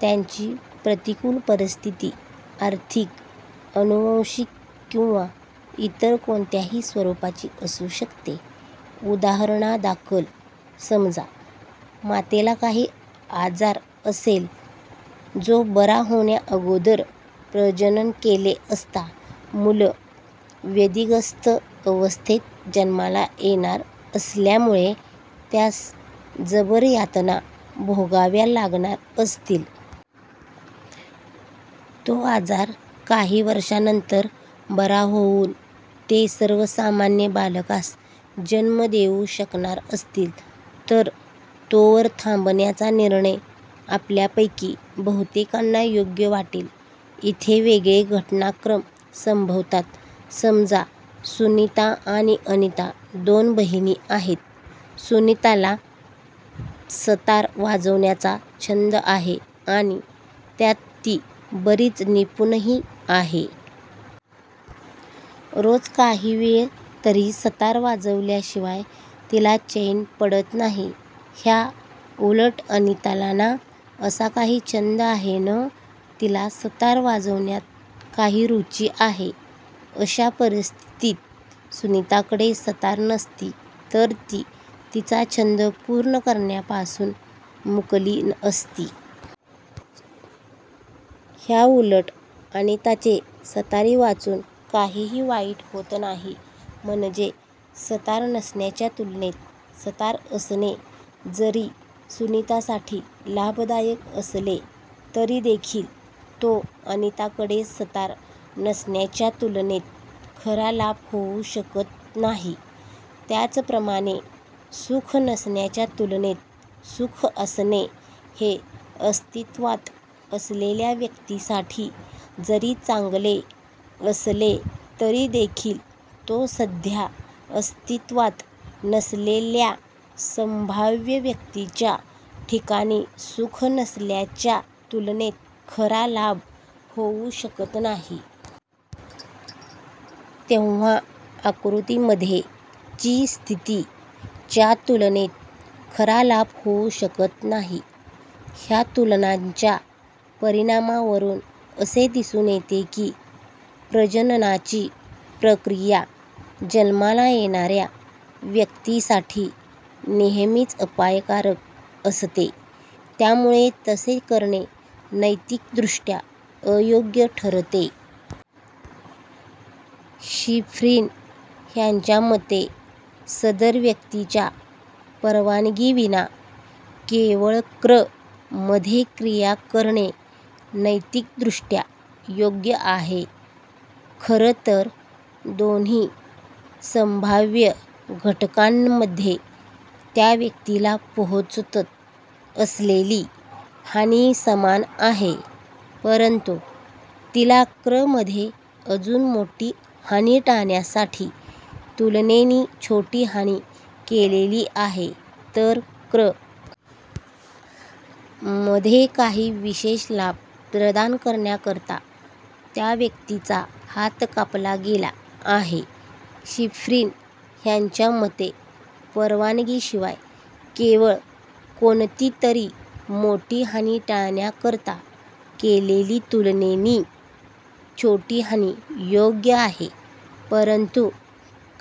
त्यांची प्रतिकुल परिस्थिती आर्थिक, अनुवंशिक किंवा इतर कोणत्याही स्वरूपाची असू शकते. उदाहरणा दाखल समजा मातेला काही आजार असेल जो बरा होण्या अगोदर प्रजनन केले असता मुल व्याधिग्रस्त अवस्थेत जन्माला येणार असल्यामुळे त्यास जबर यातना भोगाव्या लागणार असतील. तो आजार काही वर्षांनंतर बरा होऊन ते सर्वसामान्य बालकास जन्म देऊ शकणार असतील, तर तोवर थांबण्याचा निर्णय आपल्यापैकी बहुतेकांना योग्य वाटेल. इथे वेगळे घटनाक्रम संभवतात -समजा सुनीता आणि अनिता दोन बहिणी आहेत. सुनीताला सतार वाजवण्याच्या छंद आहे आणि त्यात ती बरीच निपुणही आहे. रोज काही वेळ तरी सतार वाजवल्या शिवाय तिला चैन पडत नाही. ह्या उलट अनिताला ना असा काही छंद आहे न तिला सतार वाजवण्यात काही रुची आहे. अश्या परिस्थितीत सुनिताकडे सतार नसती तर ती तिचा छंद पूर्ण कारण्यापासून मुकली असती. ह्या उलट अनिताचे सतारी वाचून काहीही वाईट होत नाही. म्हणजे सतार नसण्याच्या तुलनेत सतार असणे जरी सुनीतासाठी लाभदायक असले तरी देखील तो अनिताकडे सतार नसण्याच्या तुलनेत खरा लाभ होऊ शकत नाही. त्याच प्रमाणे सुख नसण्याच्या तुलनेत सुख असणे हे अस्तित्वात असलेल्या व्यक्तीसाठी जरी चांगले असले तरी देखील तो सध्या अस्तित्वात नसलेल्या संभाव्य व्यक्तीच्या ठिकाणी सुख नसल्याच्या तुलनेत खरा लाभ होऊ शकत नाही. तेंव्हा आकृती मध्ये ची स्थिती च्या तुलनेत खरा लाभ होऊ शकत नाही. ह्या तुलनांच्या परिणामांवरून असे दिसून येते की प्रजननाची प्रक्रिया जन्माला येणाऱ्या व्यक्तीसाठी नेहेमीच अपायकारक असते. त्यामुळे तसे करणे नैतिक दृष्ट्या अयोग्य ठरते. शिफ्रीन ह्यांच्या मते सदर व्यक्तीच्या परवानगीविना केवळ क्र. मध्ये क्रिया करणे नैतिक दृष्ट्या योग्य आहे. खरं तर दोन्ही संभाव्य घटनांमध्ये त्या व्यक्तीला पोहोचत असलेली हानी समान आहे. परंतु तिला क्र. मध्ये अजून मोठी हानी टाळण्यासाठी तुलनेनी छोटी हानी केलेली आहे तर क्र. मध्ये काही विशेष लाभ प्रदान करण्याकरता त्या व्यक्तीचा हात कापला गेला आहे. शिफ्रीन ह्यांच्या मते परवानगीशिवाय केवळ कोणतीतरी मोठी हानी टाळण्याकरता केलेली तुलनेनी छोटी हानी योग्य आहे परंतु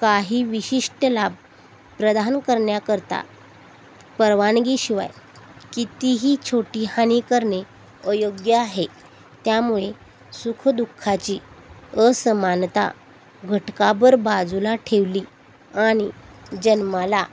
काही विशिष्ट लाभ प्रदान करण्याकरता परवानगीशिवाय कितीही छोटी हानी करणे अयोग्य आहे. त्यामुळे सुख-दुःखाची असमानता घटकाभर बाजूला ठेवली आणि जन्माला